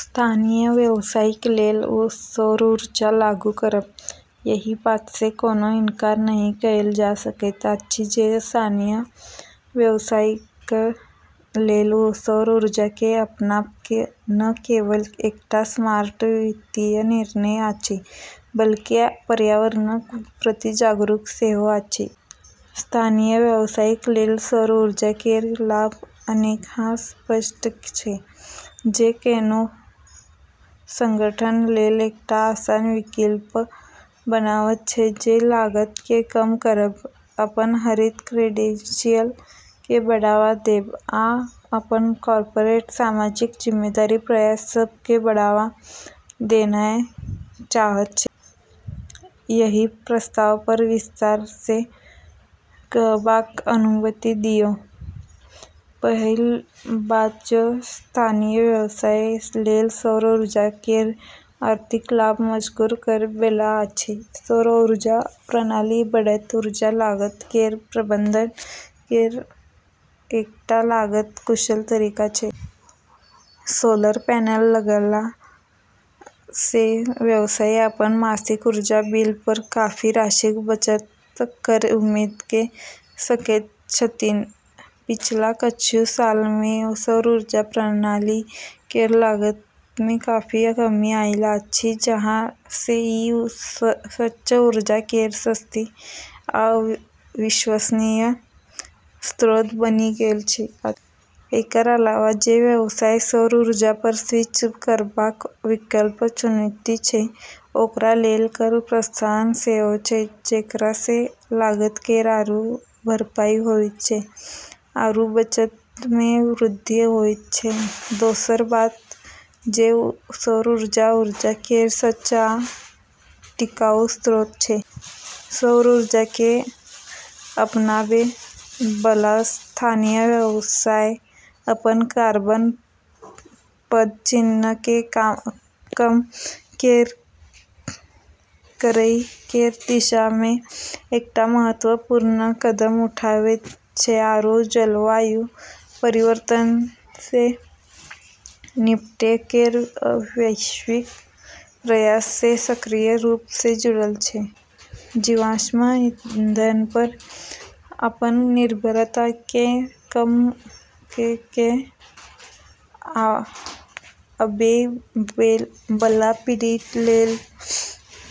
स्थानीय व्यवसायक लेल सौर ऊर्जा लागू करब। एहि बात सँ कोनो इनकार नहि कएल जा सकैत अछि जे स्थानीय व्यवसायक लेल सौर ऊर्जा केँ अपनाब न केवल एकटा स्मार्ट वित्तीय निर्णय अछि, बल्कि पर्यावरणक प्रति जागरूक सेहो अछि। स्थानीय व्यवसायक लेल सौर ऊर्जा केर लाभ अनेक आ स्पष्ट छै, जे कोनो संगठन लेल एकटा आसान विकल्प बनावैत छै जे लागत केँ कम करब, अपन हरित क्रेडेंशियल केँ बढ़ावा देब, आ अपन कॉर्पोरेट सामाजिक जिम्मेदारी प्रयास सभ केँ बढ़ावा देनाय चाहैत छै। एहि प्रस्ताव पर विस्तार सँ कहबाक अनुमति दियौ। पहिल बात जे स्थानीय व्यवसाय लेल सौर ऊर्जा केर आर्थिक लाभ मजबूर करै बला अछि। सौर ऊर्जा प्रणाली बढ़ैत ऊर्जा लागत केर प्रबंधन केर एकटा लागत-कुशल तरीका छै। सोलर पैनल लगला सँ व्यवसायी अपन मासिक ऊर्जा बिल पर काफी राशिक बचत केर उम्मीद कऽ सकैत छथिन्। पिछला किछु साल मे सौर ऊर्जा प्रणाली केर लागत मे काफी कमी आयल अछि, जाहि सँ ई स्वच्छ ऊर्जा केर सस्ती आ विश्वसनीय स्रोत बनि गेल अछि। एकर अलावा, जे व्यवसाय सौर ऊर्जा पर स्विच करबाक विकल्प चुनैत छै, ओकरा लेल कर प्रोत्साहन सेहो छै, जेकरा सँ लागत केर आरू भरपाई होइत छै आरू बचत मे वृद्धि होइत छै। दोसर बात जे सौर ऊर्जा ऊर्जा केर स्वच्छ आ टिकाऊ स्रोत छै। सौर ऊर्जा केँ अपनाबै बला स्थानीय व्यवसाय अपन कार्बन पदचिह्न केँ कम करै केर दिशा मे एकटा महत्वपूर्ण कदम उठावैत छै आरू जलवायु परिवर्तन सँ निपटै केर वैश्विक प्रयास सँ सक्रिय रूप सँ जुड़ल छै। जीवाश्म ईंधन पर अपन निर्भरता केँ कम कऽ कऽ आबै बला पीढ़ी लेल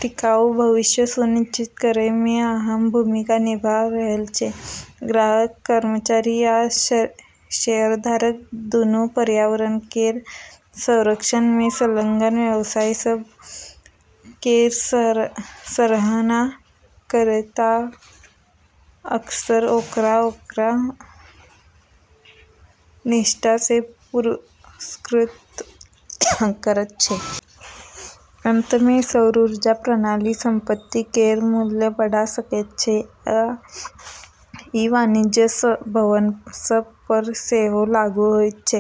टिकाऊ भविष्य सुनिश्चित करै मे अहम भूमिका निभा रहल छै। ग्राहक, कर्मचारी आ शेयरधारक दुनू पर्यावरण केर संरक्षण मे संलग्न व्यवसाय सभ केर सराहना करैत छै आ अक्सर ओकरा ओकर निष्ठा सँ पुरस्कृत करैत छै। अंत मे सौर ऊर्जा प्रणाली संपत्ति केर मूल्य बढ़ा सकैत छै, आ ई वाणिज्यिक भवन सभ पर सेहो लागू होइत छै।